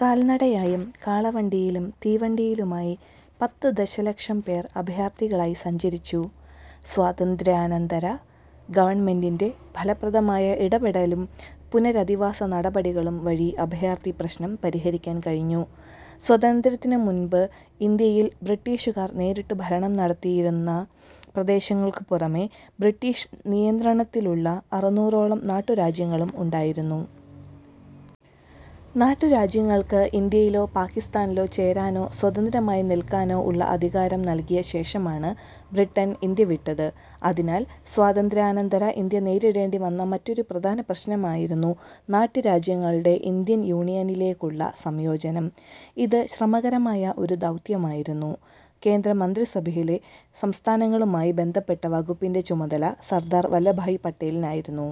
കാൽനടയായും കാളവണ്ടിയിലും തീവണ്ടിയിലുമായി പത്ത് ദശലക്ഷം പേർ അഭയാർഥികളായി സഞ്ചരിച്ചു. സ്വാതന്ത്ര്യാനന്തര ഗവൺമെന്റിന്റെ ഫലപ്രദമായ ഇടപെടലും പുനരധിവാസ നടപടികളും വഴി അഭയാർഥി പ്രശ്നം പരിഹരിക്കാൻ കഴിഞ്ഞു. സ്വാതന്ത്ര്യത്തിനു മുമ്പ് ഇന്ത്യയിൽ ബ്രിട്ടീഷുകാർ നേരിട്ടു ഭരണം നടത്തിയിരുന്ന പ്രദേശങ്ങൾക്കു പുറമെ ബ്രിട്ടീഷ് നിയന്ത്രണത്തിലുള്ള അറുനൂറോളം നാട്ടുരാജ്യങ്ങളും ഉണ്ടായിരുന്നു. നാട്ടുരാജ്യങ്ങൾക്ക് ഇന്ത്യയിലോ പാകിസ്ഥാനിലോ ചേരാനോ സ്വതന്ത്രമായി നിൽക്കാനോ ഉള്ള അധികാരം നൽകിയ ശേഷമാണ് ബ്രിട്ടൻ ഇന്ത്യ വിട്ടത്. അതിനാൽ സ്വാതന്ത്ര്യാനന്തര ഇന്ത്യ നേരിടേണ്ടിവന്ന മറ്റൊരു പ്രധാന പ്രശ്നമായിരുന്നു നാട്ടുരാജ്യങ്ങളുടെ ഇന്ത്യൻ യൂണിയനിലേക്കുള്ള സംയോജനം. ഇത് ശ്രമകരമായ ഒരു ദൗത്യമായിരുന്നു. കേന്ദ്ര മന്ത്രിസഭയിലെ സംസ്ഥാനങ്ങളുമായി ബന്ധപ്പെട്ട വകുപ്പിന്റെ ചുമതല സർദാർ വല്ലഭ്ഭായ് പട്ടേലിനായിരുന്നു.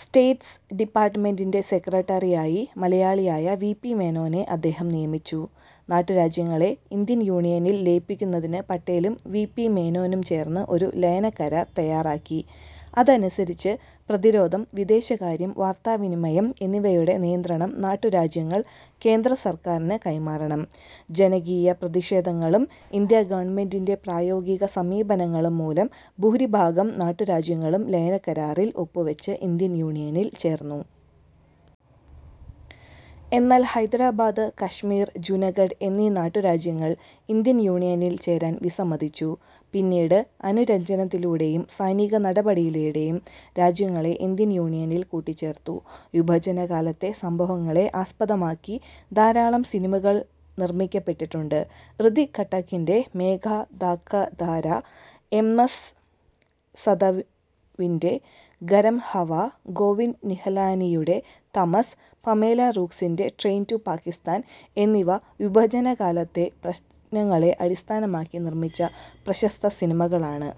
സ്റ്റേറ്റ്സ് ഡിപാർട്ട്മെന്റിന്റെ സെക്രട്ടറിയായി മലയാളിയായ വി. പി. മേനോനെ അദ്ദേഹം നിയമിച്ചു. നാട്ടുരാജ്യങ്ങളെ ഇന്ത്യൻ യൂണിയനിൽ ലയിപ്പിക്കുന്നതിന് പട്ടേലും വി. പി മേനോനും ചേർന്ന് ഒരു ലയനക്കരാർ തയാറാക്കി. അതനുസരിച്ച് പ്രതിരോധം, വിദേശകാര്യം, വാർത്താവിനിമയം എന്നിവയുടെ നിയന്ത്രണം നാട്ടുരാജ്യങ്ങൾ കേന്ദ്രസർക്കാരിന് കൈമാറണം. ജനകീയ പ്രതിഷേധങ്ങളും ഇന്ത്യാ ഗവൺമെന്റിന്റെ പ്രായോഗികസമീപനങ്ങളും മൂലം ഭൂരിഭാഗം നാട്ടുരാജ്യങ്ങളും ലയനക്കരാറിൽ ഒപ്പുവച്ച് ഇന്ത്യൻ യൂണിയനിൽ ചേർന്നു. എന്നാൽ ഹൈദരാബാദ്, കാശ്മീർ, ജുനഗഡ് എന്നീ നാട്ടുരാജ്യങ്ങൾ ഇന്ത്യൻ യൂണിയനിൽ ചേരാൻ വിസമ്മതിച്ചു. പിന്നീട് അനുരഞ്ജനത്തിലൂടെയും സൈനിക നടപടിയിലൂടെയും രാജ്യങ്ങളെ ഇന്ത്യൻ യൂണിയനിൽ കൂട്ടിച്ചേർത്തു. വിഭജനകാലത്തെ സംഭവങ്ങളെ ആസ്പദമാക്കി ധാരാളം സിനിമകൾ നിർമിക്കപ്പെട്ടിട്ടുണ്ട്. ഋത്വിക് ഘട്ടക്കിന്റെ "മേഘ ധാക്കധാര', എം. എസ്. സതവിന്റെ "ഗരംഹവ', ഗോവിന്ദ് നിഹലാനിയുടെ തമസ്സ്', പമേല റൂക്ക്സിന്റെ "ട്രെയിൻ ടു പാകിസ്ഥാൻ' എന്നിവ വിഭജനകാലത്തെ പ്രശ്നങ്ങളെ അടിസ്ഥാനമാക്കി നിർമിച്ച പ്രശസ്ത സിനിമകളാണ്.